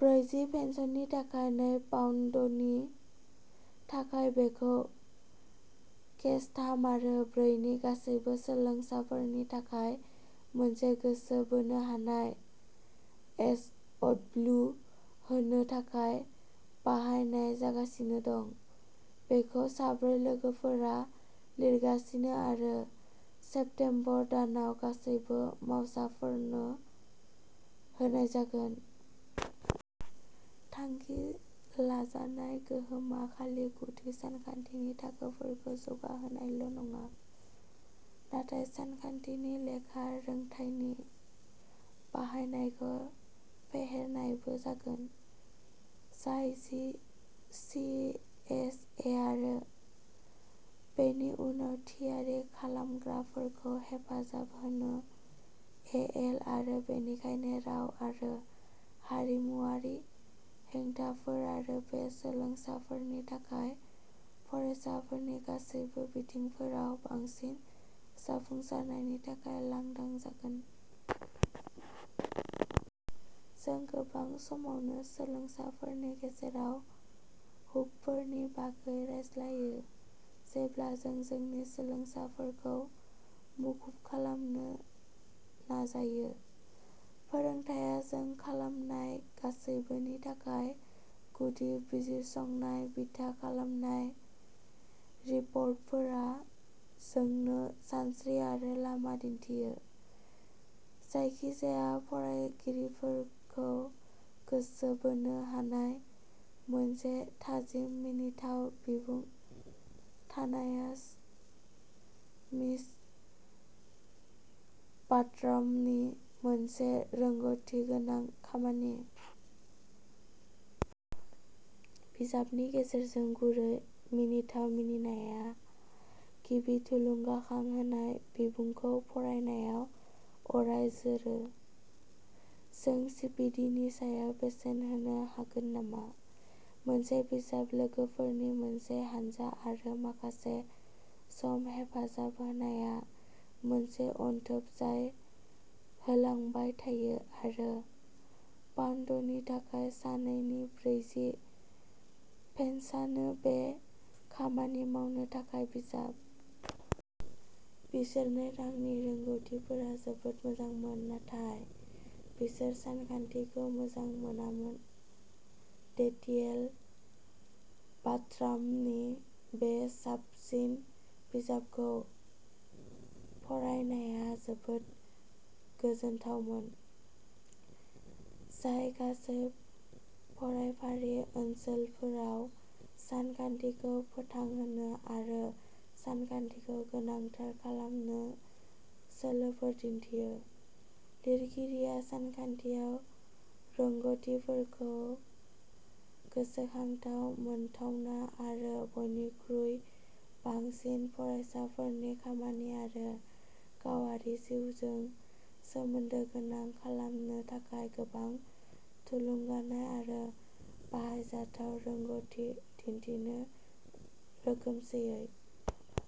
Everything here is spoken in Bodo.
ब्रैजि पेन्सनि थाखाय नै पाउन्दनि थाखाय बेखौ केएस थाम आरो ब्रै नि गासैबो सोलोंसाफोरनि थाखाय मोनसे गोसो बोनो हानाय एसअ'डब्ल्यू होनो थाखाय बाहायनाय जागासिनो दं। बेखौ साब्रै लोगोफोरा लिरगासिनो आरो सेप्तेम्बर दानाव गासैबो मावसाफोरनो होनाय जागोन। थांखि लाजानाय गोहोमा खालि गुदि सानखान्थिनि थाखोफोरखौ जौगाहोनायल' नङा, नाथाय सानखान्थिनि लेखा रोंथायनि बाहायनायबो फेहेरनायबो जागोन, जाय जि सि एस ए आरो बेनि उनाव थियारि खालामग्राफोरखौ हेफाजाब होनो। ए एल आरो बेनिखायनो राव आरो हारिमुआरि हेंथाफोर आरो बे सोलोंसाफोरनि थाखाय फरायसाफोरिनि गासैबो बिथिंफोराव बांसिन जाफुंसारनायनि थाखाय लांदां जागोन। जों गोबां समावनो सोलोंसाफोरनि गेजेराव हुकफोरनि बागै रायज्लायो जेब्ला जों जोंनि सोलोंसाफोरखौ मुखुब खालामनो नाजायो फोरोंथाया जों खालामनाय गासैबोनि थाखाय गुदि-बिजिरसंनाय बिथा खालामनाय रिपर्टफोरा जोंनो सानस्रि आरो लामा दिन्थियो। जायखिजाया फरायगिरिफोरखौ गोसो बोनो हानाय मोनसे थाजिम मिनिथाव बिमुं थानाया मिस बार्ट्रामनि मोनसे रोंग'थिगोनां खामानि। बिजाबनि गेजेरजों गुरै मिनिथाव मिनिनाया गिबि थुलुंगाखांहोनाय बिबुंखौ फरायनायाव अराय जोरो। जों सिपिडिनि सायाव बेसेन होनो हागोन नामा? मोनसे बिजाब-लोगोफोरनि मोनसे हानजा आरो माखासे सम हेफाजाब होनाया मोनसे अनथोब जाय होलांबाय थायो आरो पाउन्दनि थाखाय सानैनि ब्रैजि पेन्सानो बे खामानि मावनो थाखाय बिजाब। बिसोरनि रांनि रोंग'थिफोरा जोबोद मोजांमोन, नाथाय, बिसोर सानखान्थिखौ मोजां मोनामोन डेडियेल बार्ट्रामनि बे साबसिन बिजाबखौ फरायनाया जोबोद गोजोनथावमोन, जाय गासै फरायफारि ओनसोलफोराव सानखान्थिखौ फोथांहोनो आरो सानखान्थिखौ गोनांथार खालामनो सोलोफोर दिन्थियो। लिरगिरिया सानखान्थियाव रोंग'थिफोरखौ गोसोखांथाव, मोनथावना आरो बयनिख्रुइ बांसिन फरायसाफोरनि खामानि आरो गावारि जिउजों सोमोन्दो गोनां खालामनो थाखाय गोबां थुलुंगानाय आरो बाहायजाथाव रोंग'थि दिन्थिनो रोखोमसेयै।